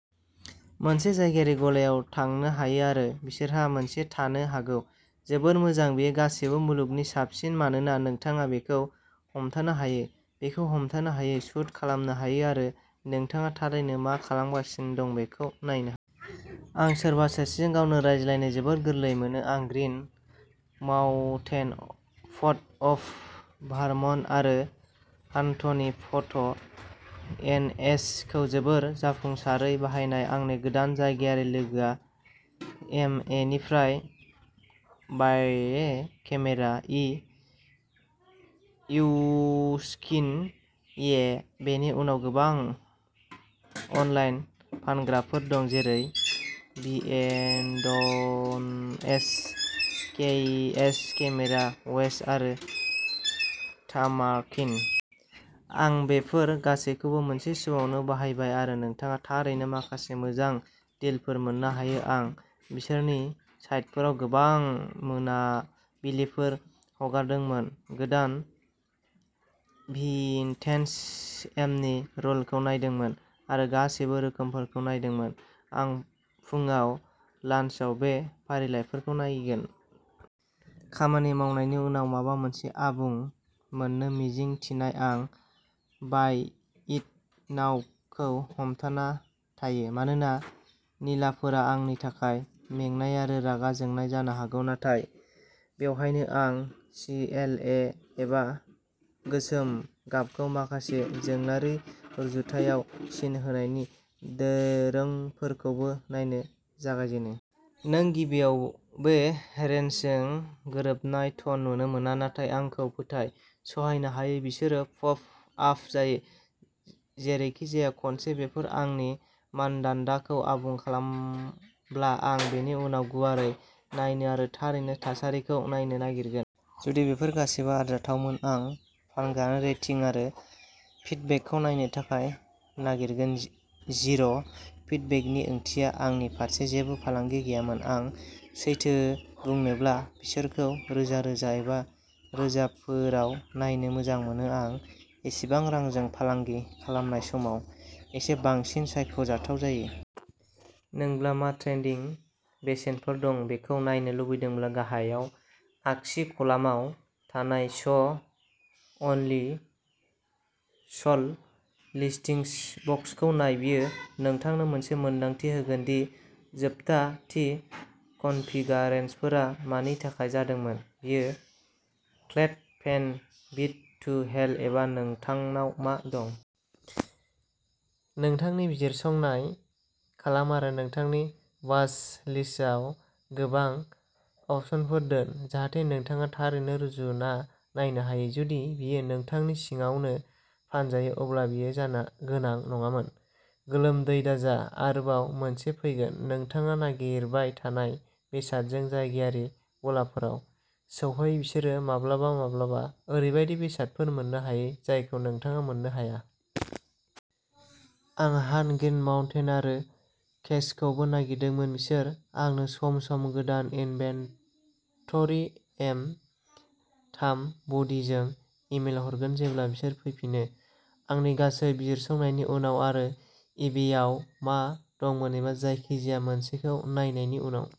मोनसे जायगायारि गलायाव थांनो हायो आरो बिसोरहा मोनसे थानो हागौ। जोबोद मोजां बेयो गासैबो मुलुगनि साबसिन, मानोना नोंथाङा बेखौ हमथानो हायो, बेखौ हमथानो हायो, शूट खालामनो हायो आरो नोंथाङा थारैनो मा खालामगासिनो दं बेखौ नायनो हायो। आं सोरबा सासेजों गावनो रायज्लायनो जोबोद गोरलै मोनो। आं ग्रीन माउन्टेन फट'अफ भारमन्ट आरो हान्टनि फट' एनएच खौ जोबोद जाफुंसारै बाहायबाय। आंनि गोदान जायगायारि लोगोआ एमएनिफ्राय वाईये केमेरा नि इउक्सिन ये। बेनि उनाव गोबां अनलाइन फानग्राफोर दं, जेरै बीएन्डएच, केईएच, केमेरा वेस्ट आरो तामार्किन। आं बेफोर गासैबोखौ मोनसे समावनो बाहायबाय आरो नोंथाङा थारैनो माखासे मोजां डिलफोर मोन्नो हायो। आं बिसोरनि साइटफोराव गोबां मोनाबिलिफोर हगारदोंमोन, गोदान भिन्टेज एमनि रलखौ नायदोंमोन आरो गासैबो रोखोमफोरखौ नायदोंमोन। आं फुंआव, लान्सआव बे फारिलाइफोरखौ नायगोन। खामानि मावनायनि उनाव, माबा मोनसे आबुं मोन्नो मिजिं थिनाय। आं बाय इट नाउ खौ हमथाना थायो मानोना निलाफोरा आंनि थाखाय मेंनाय आरो रागा जोंनाय जानो हागौ। नाथाय बेवहायनो आं सि एल ए एबा गोसोम गाबखौ माखासे जोंलारि रुजुथायाव सिन होनायनि दोरोंफोरखौबो नायनो जागायजेनो। नों गिबियाव बै रेन्जजों गोरोबनाय टन नुनो मोना, नाथाय आंखौ फोथाय, सहायनो हायो। बिसोर पप आप जायो। जेरैखिजाया, खनसे बेफोर आंनि मानदान्दाखौ आबुं खालामब्ला, आं बेनि उनाव गुवारै नायनो आरो थारैनो थासारिखौ नायनो नागिरगोन। जुदि बेफोर गासैबो आरजाथावमोन, आं फानग्रानि रेटिं आरो फिडबेकखौ नायनो थाखाय नागिरगोन। जि जिर' फिडबेकनि ओंथिया आंनि फारसे जेबो फालांगि गैयामोन। आं सैथो बुंनोब्ला बिसोरखौ रोजा रोजा एबा रोजाफोराव नायनो मोजां मोनो। आं एसेबां रांजों फालांगि खालामनाय समाव एसे बांसिन सायख' जाथाव जायो। नोंब्ला मा ट्रेन्डिं बेसेनफोर दं बेखौ नायनो लुबैदोंब्ला, गाहायाव आगसि कलामाव थानाय श अनलि स'ल्ड लिस्टिंस बक्सखौ नाय। बेयो नोंथांनो मोनसे मोनदांथि होगोन दि जोबथा थि कनफिगारेशनफोरा मानि थाखाय जादोंमोन बेयो clad, paint, beat to hell एबा नोंथांनाव मा दं। नोंथांनि बिजिरसंनाय खालाम आरो नोंथांनि वाच लिस्टआव गोबां अपसनफोर दोन जाहाथे नोंथाङा थारैनो रुजुना नायनो हायो। जुदि बेयो नोंथांनि सिङावनो फानजायो, अब्ला बेयो जानो गोनां नङामोन। गोलोमदै दाजा आरोबाव मोनसे फैगोन। नोंथाङा नागिरबाय थानाय बेसादजों जायगायारि गलाफोराव सौहै बिसोरो माब्लाबा-माब्लाबा ओरैबायदि बेसादफोर मोननो हायो जायखौ नोंथाङा मोननो हाया। आं हान्ट, ग्रीन माउन्टेन आरो केईएइचखौबो नागिरदोंमोन। बिसोर आंनो सम-सम गोदान इनभेन्टरि एम थाम बडीजों इमेल हरगोन जेब्ला बिसोर फैफिनो। आंनि गासै बिजिरसंनायनि उनाव आरो इबेआव मा दंमोन एबा जायखिजाया मोनसेखौ नायनायनि उनाव।